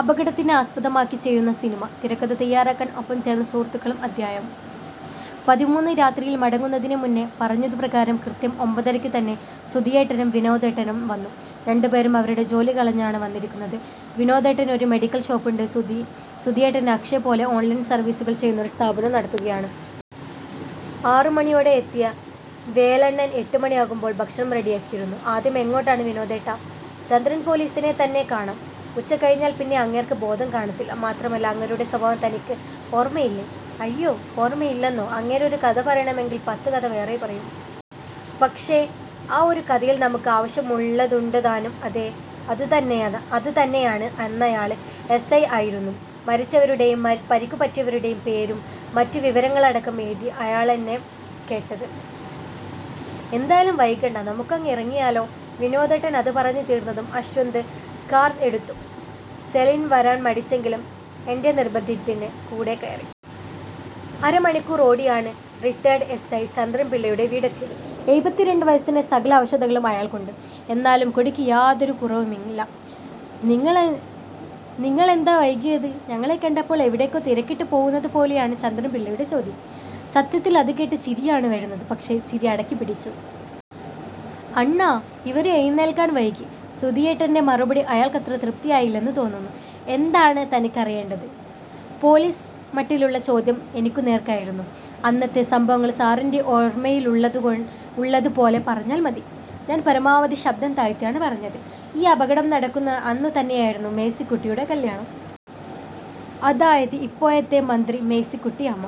അപകടത്തിനെ ആസ്പദമാക്കി ചെയ്യുന്ന സിനിമ; തിരക്കഥ തയ്യാറാക്കാൻ ഒപ്പം ചേർന്ന് സുഹൃത്തുക്കളും അധ്യായം: പതിമൂന്ന് രാത്രിയിൽ മടങ്ങുന്നതിനു മുന്നെ പറഞ്ഞതുപ്രകാരം കൃത്യം ഒമ്പതരയ്ക്ക് തന്നെ സുധിയേട്ടനും വിനോദേട്ടനും വന്നു. രണ്ടുപേരും അവരുടെ ജോലി കളഞ്ഞാണ് വന്നിരിക്കുന്നത്. വിനോദേട്ടന് ഒരു മെഡിക്കൽ ഷോപ്പുണ്ട്. സുധിയേട്ടൻ അക്ഷയ പോലെ ഓൺലൈൻ സർവീസുകൾ ചെയ്യുന്ന ഒരു സ്ഥാപനം നടത്തുകയാണ്. ആറുമണിയോടെ എത്തിയ വേലണ്ണൻ എട്ടുമണിയാവുമ്പോൾ ഭക്ഷണം റെഡിയാക്കിയിരുന്നു. "ആദ്യം എങ്ങോട്ടാണ് വിനോദേട്ടാ? " "ചന്ദ്രൻ പൊലീസിനെ തന്നെ കാണാം. ഉച്ച കഴിഞ്ഞാല് പിന്നെ അങ്ങേർക്ക് ബോധം കാണത്തില്ല. മാത്രമല്ല, അങ്ങേരുടെ സ്വഭാവം തനിക്ക് ഓർമയില്ലേ? " "അയ്യോ. ഓർമയില്ലെന്നോ? അങ്ങേര് ഒരു കഥ പറയണമെങ്കിൽ പത്തുകഥ വേറെ പറയും. പക്ഷേ, ആ ഒരു കഥയിൽ നമുക്ക് ആവശ്യമുള്ളതുണ്ടുതാനും" "അതേ, അതുതന്നെയാണ്. അന്നയാള് എസ്. ഐ ആയിരുന്നു. മരിച്ചവരുടെയും പരിക്കുപറ്റിയവരുടെയും പേരും മറ്റു വിവരങ്ങളുമടക്കം എഴുതീത് അയാളെന്നാ കേട്ടത്. എന്തായാലും വൈകണ്ട. നമുക്കങ്ങ് ഇറങ്ങിയാലോ? " വിനോദേട്ടൻ അതു പറഞ്ഞു തീർന്നതും അശ്വന്ത് കാർ എടുത്തു. സെലിൻ വരാൻ മടിച്ചെങ്കിലും എന്റെ നിർബന്ധത്തിന് കൂടെക്കയറി. അരമണിക്കൂർ ഓടിയാണ് റിട്ടേർഡ് എസ്. ഐ ചന്ദ്രൻപിള്ളയുടെ വീടെത്തിയത്. എഴുപത്തിരണ്ടു വയസിൻ്റെ സകല അവശതകളും അയാൾക്കുണ്ട്. എന്നാലും കുടിക്ക് യാതൊരു കുറവുമില്ല. "നിങ്ങളെന്താ വൈകിയത്? " ഞങ്ങളെ കണ്ടപ്പോൾ എവിടേക്കോ തിരക്കിട്ട് പോവുന്നതു പോലയാണ് ചന്ദ്രൻ പിള്ളയുടെ ചോദ്യം. സത്യത്തിൽ അതുകേട്ട് ചിരിയാണ് വരുന്നത്. പക്ഷേ, ചിരി അടക്കിപ്പിടിച്ചു. "അണ്ണാ ഇവര് എഴുന്നേൽക്കാൻ വൈകി". സുധിയേട്ടന്റെ മറുപടി അയാൾക്കത്ര തൃപ്തിയായില്ലെന്നു തോന്നുന്നു. "എന്താണ് തനിക്കറിയേണ്ടത്? " പേൊലീസ് മട്ടിലുള്ള ചോദ്യം എനിക്കുനേർക്കായിരുന്നു. "അന്നത്തെ സംഭവങ്ങൾ സാറിന്റെ ഓർമയിലുള്ളതു പോലെ പറഞ്ഞാല് മതി". ഞാൻ പരമാവധി ശബ്ദം താഴ്ത്തിയാണ് പറഞ്ഞത്. "ഈ അപകടം നടക്കുന്ന അന്നു തന്നെയായിരുന്നു മേഴ്സിക്കുട്ടിയുടെ കല്യാണം. അതായത് ഇപ്പോഴത്തെ മന്ത്രി മേഴ്സിക്കുട്ടിയമ്മ.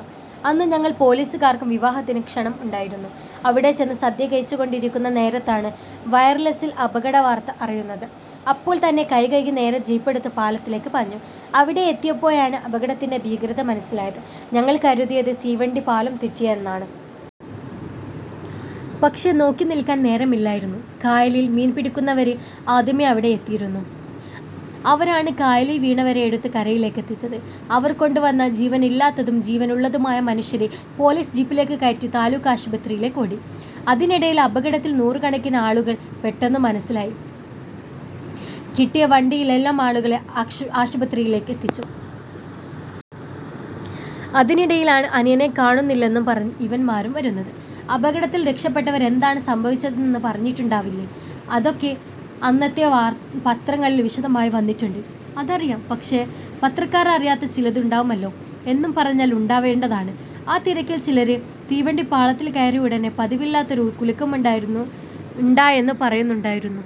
അന്ന് ഞങ്ങൾ പൊലീസുകാർക്കും വിവാഹത്തിനു ക്ഷണം ഉണ്ടായിരുന്നു. അവിടെ ചെന്ന് സദ്യ കഴിച്ചു കൊണ്ടിരിക്കുന്ന നേരത്താണ് വയർലെസിൽ അപകടവാർത്ത അറിയുന്നത്. അപ്പോൾ തന്നെ കൈകഴുകി നേരെ ജീപ്പെടുത്ത് പാലത്തിലേക്ക് പാഞ്ഞു. അവിടെ എത്തിയപ്പോഴാണ് അപകടത്തിന്റെ ഭീകരത മനസിലായത്. ഞങ്ങൾ കരുതിയത് തീവണ്ടി പാളം തെറ്റിയെന്നാണ്. പക്ഷേ, നോക്കി നിൽക്കാൻ നേരമില്ലായിരുന്നു. കായലിൽ മീൻപിടിക്കുന്നവന്മാര് ആദ്യമേ അവിടെ എത്തിയിരുന്നു. അവരാണ് കായലീ വീണവരെ എടുത്ത് കരയിലേക്ക് എത്തിച്ചത്. അവർ കൊണ്ടുവന്ന ജീവനില്ലാത്തത്തും ജീവനുള്ളതുമായ മനുഷ്യരെ പൊലീസ് ജീപ്പിലോട്ട് കയറ്റി താലൂക്കാശുപത്രീയിലേക്ക് ഓടി. അതിനെടേല് അപകടത്തിൽ നൂറുകണക്കിന് ആളുകള് പെട്ടെന്നു മനസിലായി. കിട്ടിയ വണ്ടിയിലെല്ലാം ആളുകളെ ആശുപത്രീലോട്ട് എത്തിച്ചു. അതിനിടയിലാണ് അനിയനെ കാണുന്നില്ലെന്നും പറഞ്ഞ് ഇവന്മാരും വന്നത്" "അപകടത്തിൽ രക്ഷപ്പെട്ടവര് എന്താണ് സംഭവിച്ചതെന്നു പറഞ്ഞിട്ടുണ്ടാവില്ലേ? " "അതൊക്കെ അന്നത്തെ പത്രങ്ങളിൽ വിശദമായി വന്നിട്ടുണ്ട്. " "അതറിയാം. പക്ഷേ, പത്രക്കാര് അറിയാത്ത ചിലതുണ്ടാവുമല്ലോ? " "എന്നു പറഞ്ഞാല് ഉണ്ടാവേണ്ടതാണ്. ആ തിരക്കിൽ ചിലര് തീവണ്ടി പാളത്തിൽ കയറിയ ഒടനെ പതിവില്ലാത്തൊരു കുലുക്കമുണ്ടായെന്നു പറയുന്നുണ്ടായയിരുന്നു.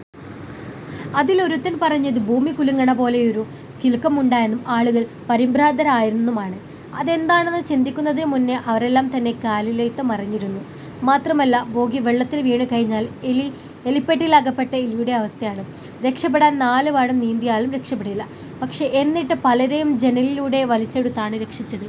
അതിലൊരുത്തൻ പറഞ്ഞത് ഭൂമി കുലുങ്ങന്ന പോലൊരു കുലുക്കം ഉണ്ടായെന്നും ആളുകൾ പരിഭ്രാന്തരായെന്നുമാണ്. അതെന്താണെന്നു ചിന്തിക്കുന്നതിനു മുന്നേ അവരെല്ലാം തന്നെ കായലിലോട്ട് മറിഞ്ഞിരുന്നു. മാത്രമല്ല, ബോഗി വെള്ളത്തിൽ വീണുകഴിഞ്ഞാല്, എലിപ്പെട്ടിയിൽ അകപ്പെട്ട എലിയുടെ അവസ്ഥയാണ്. രക്ഷപ്പെടാൻ നാലുപോടും നീന്തിയാലും രക്ഷപ്പെടില്ല. പക്ഷേ, എന്നിട്ടും പലരെയും ജനാലയിലൂടെ വലിച്ചെടുത്താണ് രക്ഷിച്ചത്.